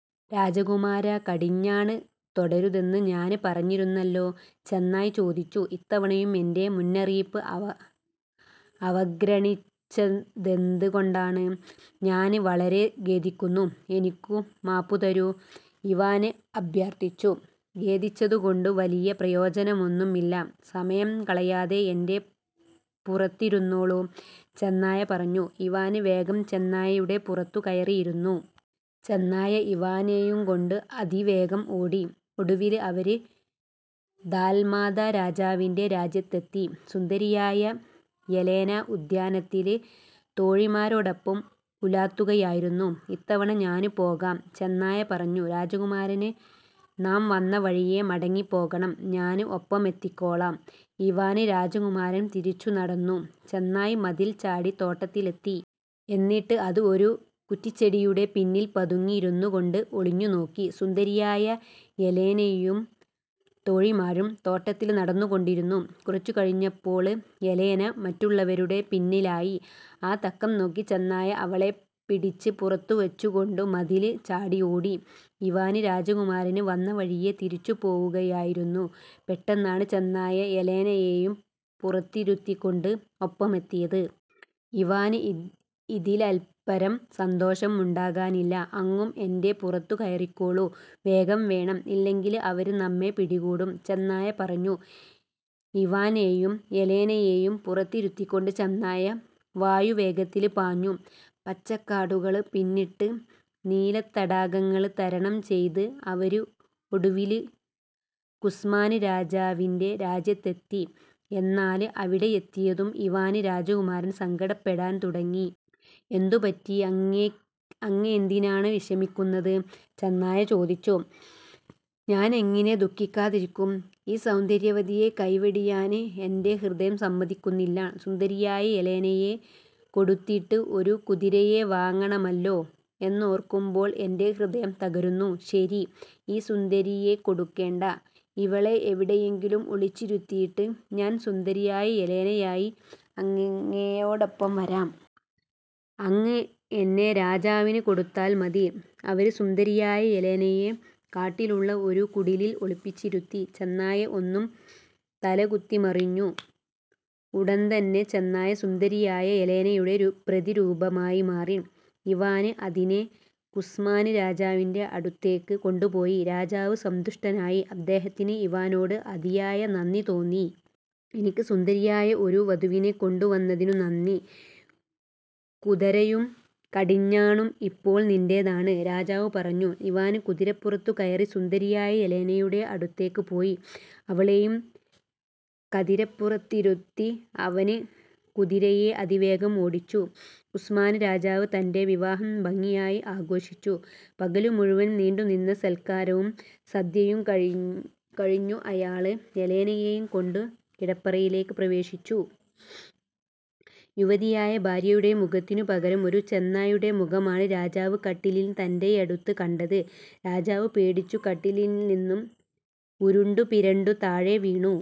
"രാജകുമാരാ, കടിഞ്ഞാണ് തൊടരുതെന്നു ഞാന് പറഞ്ഞിരുന്നല്ലോ! " ചെന്നായ് ചോദിച്ചു. "ഇത്തവണയും എന്റെ മുന്നറിയിപ്പ് അവഗ്രണിച്ചതെന്ത് കൊണ്ടാണ്? " "ഞാന് വളരെ ഖേദിക്കുന്നു. എനിക്കു മാപ്പുതരൂ. " ഇവാന് അഭ്യര്ത്ഥിച്ചു. "ഖേദിച്ചതുകൊണ്ടു വലിയ പ്രയോജനമൊന്നും ഇല്ല. സമയം കളയാതെ എന്റെ പുറത്തിരുന്നോളൂ" ചെന്നായ പറഞ്ഞു. ഇവാന് വേഗം ചെന്നായയുടെ പുറത്തു കയറി ഇരുന്നു. ചെന്നായ ഇവാനേയുംകൊണ്ടു അതിവേഗം ഓടി. ഒടുവില് അവര് ദാല്മാത രാജാവിന്റെ രാജ്യത്തെത്തി. സുന്ദരിയായ യെലേന ഉദ്യാനത്തില് തോഴിമാരോടൊപ്പം ഉലാത്തുകയായിരുന്നു. "ഇത്തവണ ഞാന് പോകാം" ചെന്നായ പറഞ്ഞു. "രാജകുമാരന് നാം വന്ന വഴിയെ മടങ്ങിപ്പോകണം. ഞാന് ഒപ്പമെത്തിക്കോളാം. " ഇവാന് രാജകുമാരന് തിരിച്ചു നടന്നു. ചെന്നായ് മതില് ചാടി തോട്ടത്തിലെത്തി. എന്നിട്ട് അത് ഒരു കുററിച്ചെടിയുടെ പിന്നില് പതുങ്ങിയിരുന്നു കൊണ്ട് ഒളിഞ്ഞുനോക്കി. സുന്ദരിയായ യെലേനയും തോഴിമാരും തോട്ടത്തില് നടന്നുകൊണ്ടിരുന്നു. കുറച്ചുകഴിഞ്ഞപ്പോള് യെലേന മററുള്ളവരുടെ പിന്നിലായി. ആ തക്കംനോക്കി ചെന്നായ അവളെ പിടിച്ച് പുറത്തു വച്ചുകൊണ്ടു മതില് ചാടി ഓടി. ഇവാന് രാജകുമാരന് വന്നവഴിയെ തിരിച്ചുപോവുകയായിരുന്നു. പെട്ടെന്നാണ് ചെന്നായ യെലേനയേയും പുറത്തിരുത്തിക്കൊണ്ട് ഒപ്പമെത്തിയത്. ഇവാന് ഇതില്പ്പരം സന്തോഷം ഉണ്ടാകാനില്ല! "അങ്ങും എന്റെപുറത്തു കയറിക്കോളൂ. വേഗം വേണം. അല്ലെങ്കില് അവര് നമ്മെ പിടികൂടും" ചെന്നായ പറഞ്ഞു. ഇവാനെയും യെലേനയേയും പുറത്തിരുത്തിക്കൊണ്ട് ചെന്നായ വായുവേഗത്തില് പാഞ്ഞു. പച്ചക്കാടുകള് പിന്നിട്ട് നീലത്തടാകങ്ങള് തരണം ചെയ്ത് അവര് ഒടുവില് കുസ്മാന് രാജാവി െറ രാജ്യത്തെത്തി. എന്നാല് അവിടെയെത്തിയതും ഇവാന് രാജകുമാരന് സങ്കടപ്പെടാന് തുടങ്ങി. "എന്തു പറ്റി? അങ്ങേന്തിനാണ് വിഷമിക്കുന്നത്? " ചെന്നായ ചോദിച്ചു. "ഞാനെങ്ങിനെ ദുഃഖിക്കാതിരിക്കും? ഈ സൌന്ദര്യവതിയെ കൈവെടിയാന് എന്റെ ഹൃദയം സമ്മതിക്കുന്നില്ല. സുന്ദരിയായ യെലേനയെ കൊടുത്തിട്ട് ഒരു കുതിരയെ വാങ്ങണമല്ലോ എന്നോര്ക്കുമ്പോള് എന്റെ ഹൃദയം തകരുന്നു. " "ശരി. ഈ സുന്ദരിയെ കൊടുക്കേണ്ട. ഇവളെ എവിടെയെങ്കിലും ഒളിച്ചിരുത്തിയിട്ട് ഞാന് സുന്ദരിയായ യെലേനയായി അങ്ങയോടൊപ്പം വരാം. അങ്ങ് എന്നെ രാജാവിന് കൊടുത്താല് മതി. " അവര് സുന്ദരിയായ യെലേനയെ കാട്ടിലുള്ള ഒരു കുടിലില് ഒളിപ്പിച്ചിരുത്തി. ചെന്നായ ഒന്നു തലകുത്തിമറിഞ്ഞു. ഉടന്തന്നെ ചെന്നായ സുന്ദരിയായ യെലേനയുടെ പ്രതിരൂപമായി മാറി! ഇവാന് അതിനെ കുസ്മാന് രാജാവിന്റെ അടുത്തേയ്ക്ക് കൊണ്ടുപോയി. രാജാവ് സന്തുഷ്ടനായി. അദ്ദേഹത്തിന് ഇവാനോട് അതിയായ നന്ദി തോന്നി. "എനിക്ക് സുന്ദരിയായ' ഒരു വധുവിനെ കൊണ്ടുവന്നതിനു നന്ദി. കുതരയും കടിഞ്ഞാണും ഇപ്പോള് നിന്റേതാണ്! " രാജാവു പറഞ്ഞു ഇവാന് കുതിരപ്പുറത്തു കയറി സുന്ദരിയായ യെലേനയുടെ അടുത്തേക്കു പോയി. അവളേയും കതിരപ്പുറത്തിരുത്തി അവന് കുതിരയെ അതിവേഗം ഓടിച്ചു. കുസ്മാന് രാജാവ് തന്റെ വിവാഹം ഭംഗിയായി ആഘോഷിച്ചു. പകല് മുഴുവന് നീണ്ടുനിന്ന സല്ക്കാരവും സദ്യയും കഴിഞ്ഞു അയാള് യെലേനയേയും കൊണ്ടു കിടപ്പറയില് പ്രവേശിച്ചു. യുവതിയായ ഭാര്യയുടെ മുഖത്തിനു പകരം ഒരു ചെന്നായുടെ മുഖമാണ് രാജാവ് കട്ടിലില് തന്റെയടുത്ത് കണ്ടത്. രാജാവ് പേടിച്ചു കട്ടിലില്നിന്നും ഉരുണ്ടു പിരണ്ടു താഴെ വീണു.